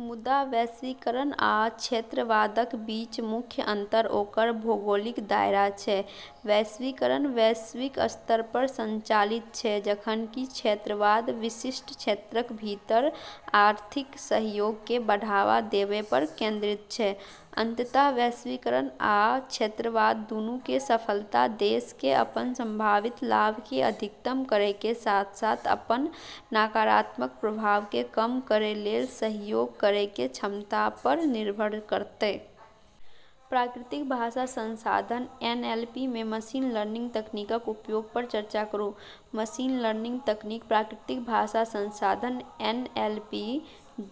मुदा वैश्वीकरण आ क्षेत्रवादक बीच मुख्य अंतर ओकर भौगोलिक दायरा छै। वैश्वीकरण वैश्विक स्तर पर संचालित छै, जखन कि क्षेत्रवाद विशिष्ट क्षेत्रक भीतर आर्थिक सहयोगकें बढ़ावा देवै पर केंद्रित छै। अंततः वैश्वीकरण आ क्षेत्रवाद दूनू के सफलता देशकें अपन संभावित लाभकें अधिकतम करै के साथ-साथ अपन नकारात्मक प्रभावकें कम करै लेल सहयोग करै के क्षमता पर निर्भर करतै। प्राकृतिक भाषा संसाधन (एनएलपी) मे मशीन लर्निंग तकनीकक उपयोग पर चर्चा करूं। मशीन लर्निंग तकनीक प्राकृतिक भाषा संसाधन (एनएलपी),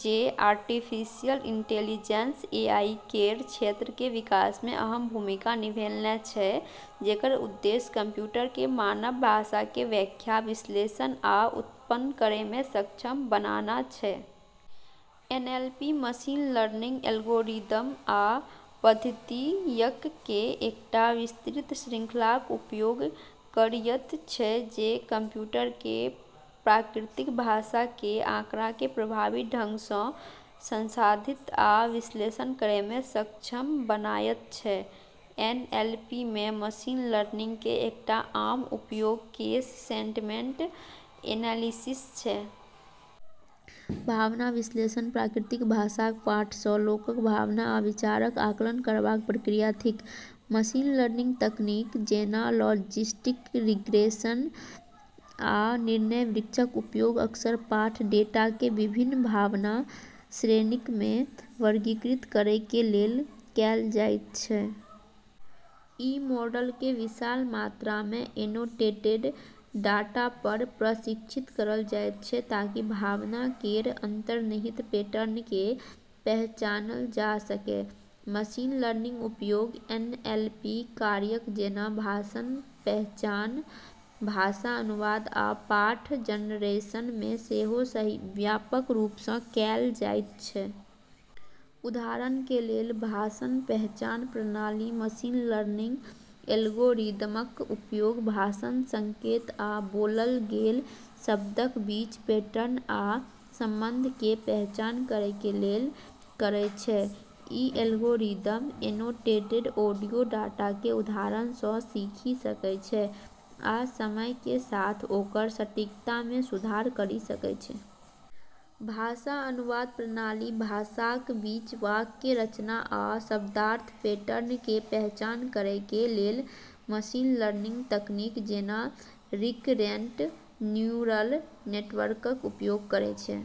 जे आर्टिफिशियल इंटेलिजेंस (एआई) केर क्षेत्र के विकास मे अहम भूमिका निभैलनए छै, जेकर उद्देश्य कंप्यूटरकें मानव भाषा के व्याख्या, विश्लेषण आ उत्पन्न करै मे सक्षम बनाना छै। एनएलपी मशीन लर्निंग एल्गोरिदम आ पद्धतियक के एकटा विस्तृत श्रृंखलाक उपयोग करयत छै जे कंप्यूटरकें प्राकृतिक भाषा के आंकड़ाकें प्रभावी ढंग सं संसाधित आ विश्लेषण करय मे सक्षम बनायत छै। एनएलपी मे मशीन लर्निंग के एकटा आम उपयोग केस सेंटमेंट एनालिसिस छै। भावना विश्लेषण प्राकृतिक भाषाक पाठ सँ लोकक भावना आ विचारक आकलन करबाक प्रक्रिया थिक। मशीन लर्निंग तकनीक जेना लॉजिस्टिक रिग्रेशन आ निर्णय वृक्षक उपयोग अक्सर पाठ डेटाकें विभिन्न भावना श्रेणीक मे वर्गीकृत करै के लेल कैल जाइत छै। ई मॉडलकें विशाल मात्रा मे एनोटेटेड डाटा पर प्रशिक्षित करलऽ जाइत छै ताकि भावना केर अंतर्निहित पैटर्नकें पहचानलऽ जा सकै। मशीन लर्निंगक उपयोग एनएलपी कार्यक जेना भाषण पहचान, भाषा अनुवाद, आ पाठ जनरेशन मे सेहो व्यापक रूप सं कैल जाइत छै। उदाहरण के लेल, भाषण पहचान प्रणाली मशीन लर्निंग एल्गोरिदमक उपयोग भाषण संकेत आ बोलल गेल शब्दक बीच पैटर्न आ संबंधककें पहचान करय के लेल करै छै। ई एल्गोरिदम एनोटेटेड ऑडियो डाटा के उदाहरण सँ सीखि सकै छै आ समय के साथ ओकर सटीकता मे सुधार करि सकै छै। भाषा अनुवाद प्रणाली भाषाक बीच वाक्य रचना आ शब्दार्थ पैटर्नकें पहचान करय के लेल मशीन लर्निंग तकनीक जेना रिकरेंट न्यूरल नेटवर्कक उपयोग करै छै।